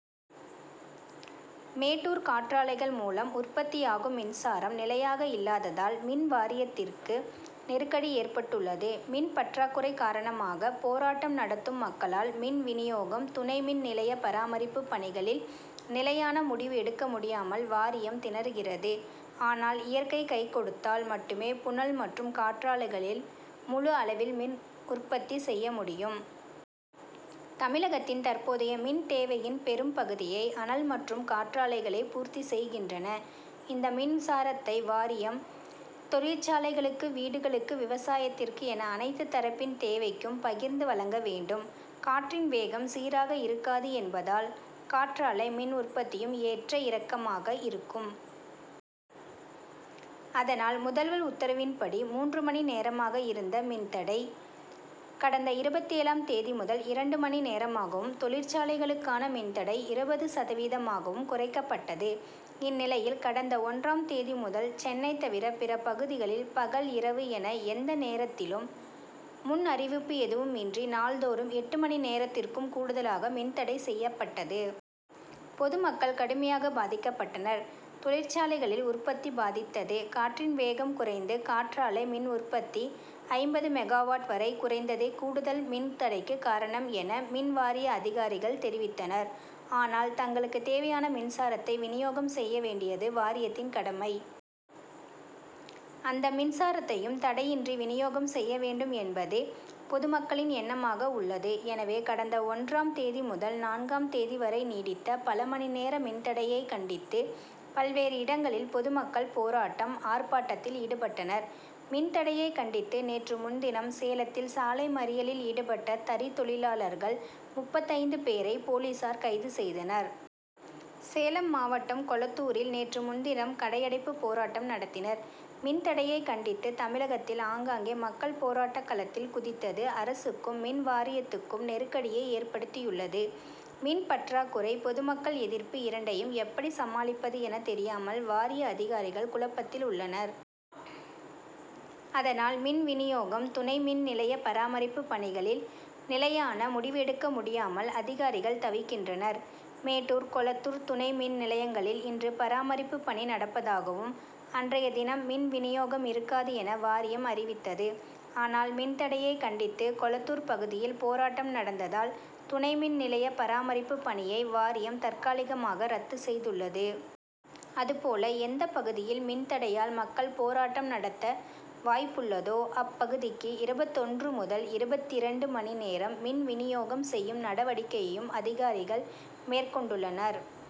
மேட்டூர் காற்றாலைகள் மூலம் உற்பத்தியாகும் மின்சாரம் நிலையாக இல்லாததால், மின் வாரியத்திற்கு நெருக்கடி ஏற்பட்டுள் ளது. மின் பற்றாக்குறை காரணமாக போராட்டம் நடத்தும் மக்களால் மின் வினியோகம், துணை மின் நிலைய பராமரிப்பு பணிகளில் நிலையான முடிவு எடுக்க முடியாமல் வாரியம் திணறுகிறது. ஆனால், இயற்கை கை கொடுத்தால் மட்டுமே புனல் மற்றும் காற்றாலைகளில் முழு அளவில் மின் உற்பத்தி செய்ய முடியும். தமிழகத்தின் தற்போதைய மின் தேவையின் பெரும் பகுதியை அனல் மற்றும் காற்றாலைகளே பூர்த்தி செய்கின்றன. இந்த மின்சாரத்தை வாரியம் தொழிற்சாலைகளுக்கு, வீடுகளுக்கு, விவசாயத்திற்கு என அனைத்து தரப்பின் தேவைக்கும் பகிர்ந்து வழங்க வேண்டும். காற்றின் வேகம் சீராக இருக்காது என்பதால், காற்றாலை மின் உற்பத்தியும் ஏற்ற இறக்கமாக இருக்கும். அதனால், முதல்வர் உத்தரவின்படி மூன்று மணி நேரமாக இருந்த மின் தடை கடந்த இருபத்தேழாம் தேதி முதல் இரண்டு மணி நேரமாகவும், தொழிற்சாலைகளுக்கான மின் தடை இருபது சதவீதமாகவும் குறைக்கப்பட்டது. இந்நிலையில், கடந்த ஒன்றாம் தேதி முதல், சென்னை தவிர பிற பகுதிகளில் பகல், இரவு என, எந்த நேரத்திலும் முன் அறிவிப்பு எதுவும் இன்றி நாள்தோறும் எட்டு மணி நேரத்திற்கும் கூடுதலாக மின் தடை செய்யப்பட்டது. பொதுமக்கள் கடுமையாக பாதிக்கப்பட்டனர். தொழிற்சாலைகளில் உற்பத்தி பாதித்தது. காற்றின் வேகம் குறைந்து காற்றாலை மின் உற்பத்தி ஐம்பது மெகா வாட் வரை குறைந்ததே கூடுதல் மின் தடைக்கு காரணம்' என, மின் வாரிய அதிகாரிகள் தெரிவித்தனர். ஆனால், தங்களுக்கு தேவையான மின்சாரத்தை வினியோகம் செய்ய வேண்டியது வாரியத்தின் கடமை. அந்த மின்சாரத்தையும் தடையின்றி வினியோகம் செய்ய வேண்டும்' என்பதே பொதுமக்களின் எண்ணமாக உள்ளது. எனவே, கடந்த ஒன்றாம் தேதி முதல் நான்காம் தேதி வரை நீடித்த பல மணி நேர மின் தடையைக் கண்டித்து, பல்வேறு இடங்களில் பொதுமக்கள் போராட்டம், ஆர்ப்பாட்டத்தில் ஈடுபட்டனர். மின் தடையைக் கண்டித்து நேற்று முன்தினம் சேலத்தில் சாலை மறியலில் ஈடுபட்ட தறி தொழிலாளர்கள் முப்பத்தைந்து பேரை, போலீசார் கைது செய்தனர். சேலம் மாவட்டம் கொளத்தூரில் நேற்று முன்தினம் கடையடைப்பு போராட்டம் நடத்தினர். மின் தடையை கண்டித்து தமிழகத்தில் ஆங்காங்கே மக்கள் போராட்டக் களத்தில் குதித்தது அரசுக்கும், மின் வாரியத்துக்கும் நெருக்கடியை ஏற்படுத்தியுள்ளது. மின் பற்றாக்குறை, பொதுமக்கள் எதிர்ப்பு இரண்டையும் எப்படி சமாளிப்பது என தெரியாமல் வாரிய அதிகாரிகள் குழப்பத்தில் உள்ளனர். அதனால், மின் வினியோகம், துணை மின் நிலைய பராமரிப்பு பணிகளில் நிலையான முடிவு எடுக்க முடியாமல் அதிகாரிகள் தவிக்கின்றனர். மேட்டூர், கொளத்தூர் துணை மின் நிலையங்களில் இன்று பராமரிப்பு பணி நடப்பதாகவும், அன்றைய தினம் மின் வினியோகம் இருக்காது' என வாரியம் அறிவித்தது. ஆனால், மின் தடையைக் கண்டித்து கொளத்தூர் பகுதியில் போராட்டம் நடந்ததால், துணை மின் நிலைய பராமரிப்பு பணியை வாரியம் தற்காலிகமாக ரத்து செய்துள்ளது. அதுபோல, எந்த பகுதியில் மின் தடையால் மக்கள் போராட்டம் நடத்த வாய்ப்புள்ளதோ அப்பகுதிக்கு இருபத்தொன்று முதல் இருபத்திரண்டு மணி நேரம் மின் வினியோகம் செய்யும் நடவடிக்கையையும் அதிகாரிகள் மேற்கொண்டுள்ளனர்.